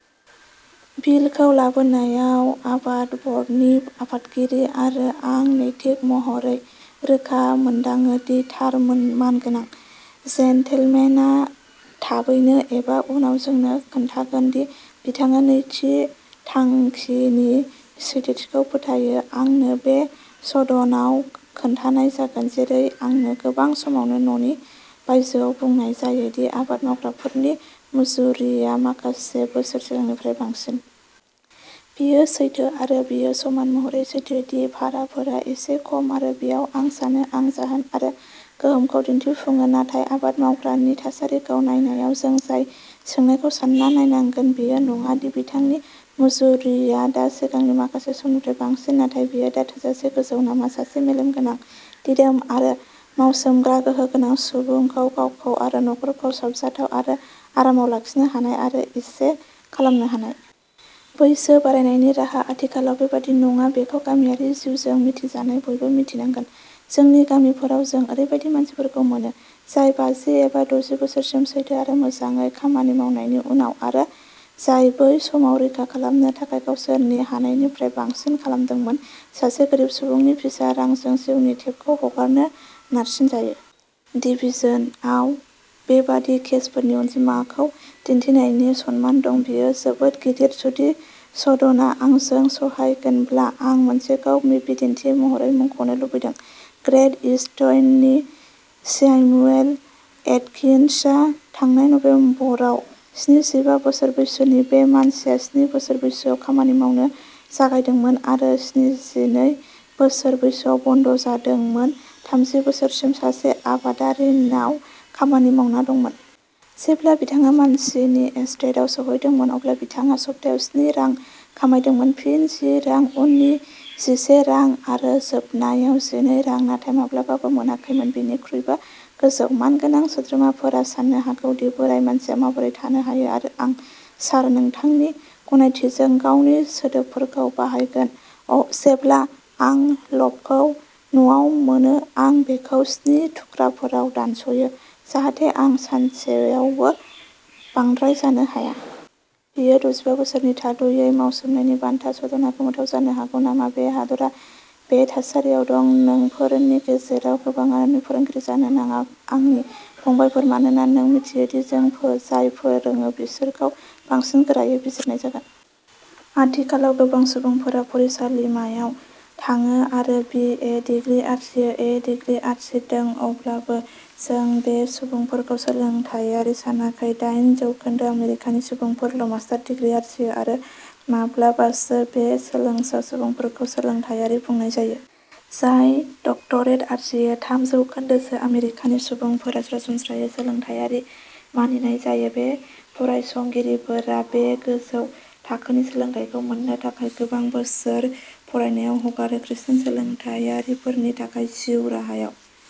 बिलखौ लाबोनायआव आबाद बर्डनि आफादगिरि आरो आं नैतिक महरै रोखा मोनदाङो दि थार मानगोनां। जेन्टलमेन आ थाबैनो एबा उनाव जोंनो खोन्थागोन दि बिथाङा नैथि थांखि नि सैथोथिखौ फोथायो। आंनो बे सदन आव खोन्थानाय जागोन, जेरै आंनो गोबां समावनो न'नि बायजोआव बुंनाय जायो, दि आबाद मावग्राफोरनि मुजुरिया माखासे बोसोर सिगांनिख्रुइ बांसिन। बेयो सैथो आरो बेयो समान महरै सैथो दि भाराफोरा एसे खम आरो बेयाव, आं सानो, जों जाहोन आरो गोहोमखौ दिन्थिफुङो। नाथाय आबाद मावग्रा नि थासारिखौ नायनायाव जों जाय सोंनायखौ सान्ना नायनांगोन, बेयो नङा दि बिथांनि मुजुरिया दा सिगांनि माखासे समनिख्रुइ बांसिन, नाथाय बेयो दा थोजासे गोजौ नामा सासे मेलेमगोनां, दिदोम आरो मावसोमग्रा गोहो गोनां सुबुंखौ गावखौ आरो नखरखौ साबजाथाव आरो आरामाव लाखिनो हानाय आरो इसे खालामनो हानाय। बैसो बारायनायनि राहा। आथिखालाव बेबादि नङा बेखौ गामियारि जिउजों मिथिजानाय बयबो मिथिनांगोन। जोंनि गामिफोराव जों ओरैबायदि मानसिफोरखौ मोनो, जाय बाजि एबा दजि बोसोरसिम सैथो आरो मोजाङै खामानि मावनायनि उनाव आरो जाय बै समाव रैखा खालामनो थाखाय गावसोरनि हानायनिफ्राय बांसिन खालामदोंमोन, सासे गोरिब सुबुंनि फिसा रांजों जिउनि टेपखौ हगारनो नारसिनजायो। डिभिजन Iआव बेबादि केसफोरनि अनजिमाखौ दिन्थिनायनि सनमान दं, बेयो जोबोद गिदिर। जुदि सदनआ आंजों सहायगोनब्ला आं मोनसेखौ बिदिन्थि महरै मुंख'नो लुबैदों। ग्रेट ईस्टननि स्यामुएल एटकिन्सआ थांनाय नबेम्बराव स्निजिबा बोसोर बैसोनिमोन। बे मानसिया स्नि बोसोर बैसोआव खामानि मावनो जागायदोंमोन आरो स्निजिनै बोसोर बैसोआव बन्द' जादोंमोन, थामजि बोसोरसिम सासे आबादारिनाव खामानि मावना दंमोन। जेब्ला बिथाङा मानसिनि एस्टेटआव सौहैदोंमोन, अब्ला बिथाङा सप्तायाव स्नि रां खामायदोंमोन, फिन जि रां, उननि जिसे रां आरो जोबनायाव जिनै रां, नाथाय माब्लाबाबो मोनाखैमोन। बिनिख्रुइबो गोजौ। मानगोनां सोद्रोमाफोरा साननो हागौ दि बोराइ मानसिया माबोरै थानो हायो आरो आं, सार, नोंथांनि गनायथिजों, गावनि सोदोबफोरखौ बाहायगोन अ जेब्ला आं ल'फखौ न'आव मोनो आं बेखौ स्नि थुख्राफोराव दानस'यो, जाहाथे आं सानसेआवबो बांद्राय जानो हाया। बेयो दजिबा बोसोरनि थाद'यै मावसोमनायनि बान्था। सदनआ गोमोथाव जानो हागोन नामा बे हादरा बे थासारियाव दं। नोंफोरनि गेजेराव गोबांआनो फोरोंगिरि जानो नाङा, आंनि फंबायफोर, मानोना नों मिन्थियो दि जों जाय फोरोङो बिसोरखौ बांसिन गोरायै बिजिरनाय जागोन।। आथिखालाव गोबां सुबुंफोरा फरायसालिमायाव थाङो आरो बि ए डिग्रि आरजियो। ए डिग्री आरजिदों, अब्लाबो जों बे सुबुंफोरखौ सोलोंथाइआरि सानाखै। दाइन जौखोन्दो आमेरिकानि सुबुंफोराल' मास्टार डिग्री आरजियो आरो माब्लाबासो बे सोलोंसा सुबुंफोरखौ सोलोंथाइआरि बुंनाय जायो। जाय डक्टरेट आरजियो, थाम जौखोन्दोसो आमेरिकानि सुबुंफोरा सरासनस्रायै सोलोंथाइआरि मानिनाय जायो। बे फरायसंगिरिफोरा बे गोजौ थाखोनि सोलोंथाइखौ मोननो थाखाय गोबां बोसोर फरायनायाव हगारो। खृष्टान सोलोंथाइआरिफोरनि थाखाय, जिउ राहायाव।